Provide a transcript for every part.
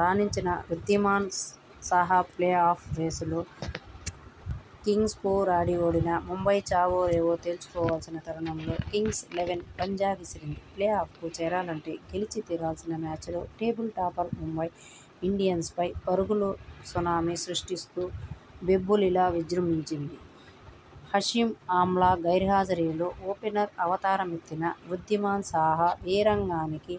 రాణించిన Wriddhiman Saha play off రేసులోనే కింగ్స్పోరాడి ఓడిన ముంబై చావో రేవో తేల్చుకోవాల్సిన తరుణంలో కింగ్స్ లెవెన్ 'పంజా' విసిరింది. ప్లే ఆఫ్కు చేరాలంటే గెలిచి తీరాల్సిన మ్యాచ్లో టేబుల్ టాపర్ ముంబై ఇండియన్స్పై పరుగుల సునామీ సృష్టిస్తూ బెబ్బులిలా విజృంభించింది. హషీమ్ ఆమ్లా గైర్హాజరీలో ఓపెనర్ అవతార మెత్తిన వృద్ధిమాన్ సాహా వీరంగానికి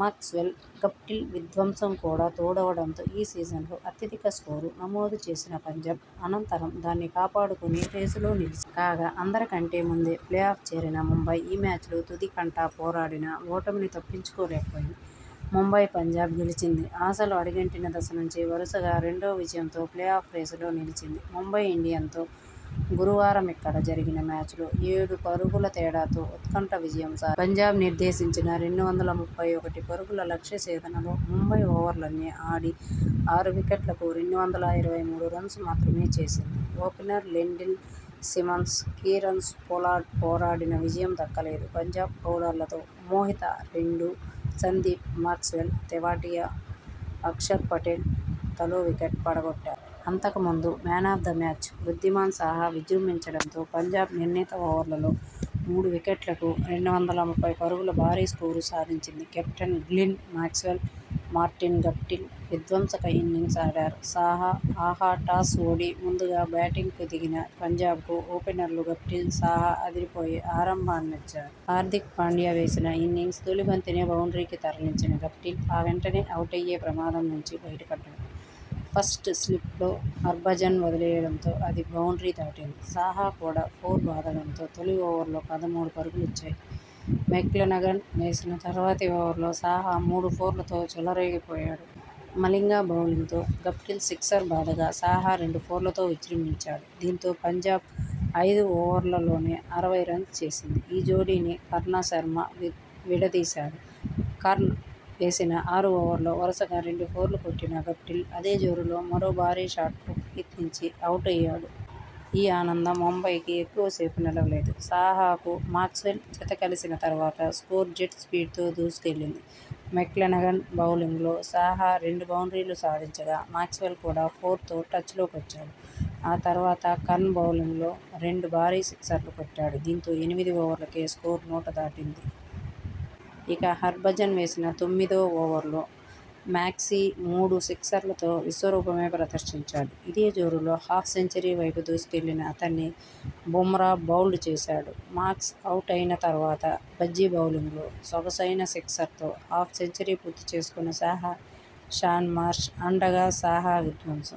మాక్స్వెల్, గప్టిల్ విధ్వంసం కూడా తోడవడంతో ఈ సీజన్లో అత్యధిక స్కోరు నమోదు చేసిన పంజాబ్, అనంతరం దాన్ని కాపాడు కొని రేసులో నిలిచింది. కాగా, అందరి కంటే ముందే ప్లే ఆఫ్ చేరిన ముంబై ఈ మ్యాచ్లో తుది కంటా పోరాడినా ఓటమిని తప్పించుకోలేకపోయింది. ముంబై పంజాబ్ గెలిచింది. ఆశలు అడుగంటిన దశ నుంచి వరుసగా రెండో విజయంతో ప్లే ఆఫ్ రేసులో నిలిచింది. ముంబై ఇండియన్స్తో గురువారమిక్కడ జరిగిన మ్యాచ్లో ఏడు పరుగుల తేడాతో ఉత్కంఠ విజయం సాధించింది. పంజాబ్ నిర్దేశించిన రెండు వందల ముప్పై ఒకటి పరుగుల లక్ష్య ఛేదనలో ముంబై ఓవర్లన్నీ ఆడి ఆరు వికెట్లకు రెండు వందల ఇరవై మూడు రన్స్ మాత్రమే చేసింది. Opener Lendl Simmons, Kieron Pollard పోరాడినా విజయం దక్కలేదు. పంజాబ్ బౌలర్లలో మోహిత రెండు, సందీప్, మాక్స్వెల్, తెవాటియా, అక్షర్ పటేల్ తలో వికెట్ పడగొట్టారు. అంతకు ముందు 'man of the match' Wriddhiman Saha విజృంభించడంతో పంజాబ్ నిర్ణీత ఓవర్లలో మూడు వికెట్లకు రెండు వందల ముప్పై పరుగుల భారీ స్కోరు సాధించింది. Captain Glenn Maxwell, Martin Guptill విధ్వంసక ఇన్నింగ్స్ ఆడారు. సాహా, ఆహా టాస్ ఓడి ముందుగా బ్యాటింగ్కు దిగిన పంజాబ్కు ఓపెనర్లు గప్టిల్, సాహా అదిరి పోయే ఆరంభాన్నిచ్చారు. హార్దిక్ పాండ్యా వేసిన ఇన్నింగ్స్ తొలి బంతినే బౌండ్రీకి తరలించిన గప్టిల్ ఆ వెంటనే అవుటయ్యే ప్రమాదం నుంచి బయట పడ్డాడు. ఫస్ట్ స్లిప్లో హర్భజన్ వదిలేయడంతో అది బౌండ్రీ దాటింది. సాహా కూడా ఫోర్ బాదడంతో తొలి ఓవర్లో పదమూడు పరుగులొచ్చాయి. మెక్లెనగన్ వేసిన తర్వాతి ఓవర్లో సాహా మూడు ఫోర్లతో చెలరేగి పోయాడు. మలింగ బౌలింగ్లో గప్టిల్ సిక్సర్ బాదగా సాహా రెండు ఫోర్లతో విజృంభించాడు. దీంతో పంజాబ్ ఐదు ఓవర్లలోనే అరవై రన్స్ చేసింది. ఈ జోడీని కర్ణ్ శర్మ విడదీశాడు. కర్ణ్ వేసిన ఆరో ఓవర్లో వరుసగా రెండు ఫోర్లు కొట్టిన గప్టిల్ అదే జోరులో మరో భారీ షాట్కు ప్రయత్నించి అవుటయ్యాడు. ఈ ఆనందం ముంబైకి ఎక్కువ సేపు నిలవలేదు. సాహాకు మాక్స్వెల్ జతకలిసిన తర్వాత స్కోరు జెట్ స్పీడ్తో దూసుకెళ్లింది. మెక్లెనగన్ బౌలింగ్లో సాహా రెండు బౌండ్రీలు సాధించగా, మాక్స్వెల్ కూడా ఫోర్తో టచ్లోకొచ్చాడు. ఆ తర్వాత కర్ణ్ బౌలింగ్లో రెండు భారీ సిక్సర్లు కొట్టాడు. దీంతో ఎనిమిది ఓవర్లకే స్కోరు నూట దాటింది. ఇక హర్భజన్ వేసిన తొమ్మిదో ఓవర్లో మాక్సీ మూడు సిక్సర్లతో విశ్వరూపమే ప్రదర్శించాడు. ఇదే జోరులో హాఫ్ సెంచరీ వైపు దూసుకెళ్లిన అతన్ని బుమ్రా బౌల్డ్ చేశాడు. మాక్స్ అవుటైన తర్వాత భజ్జీ బౌలింగ్లో సొగసైన సిక్సర్తో హాఫ్ సెంచరీ పూర్తి చేసుకున్న సాహా, షాన్ మార్ష్ అండగా సాహా విధ్వంసం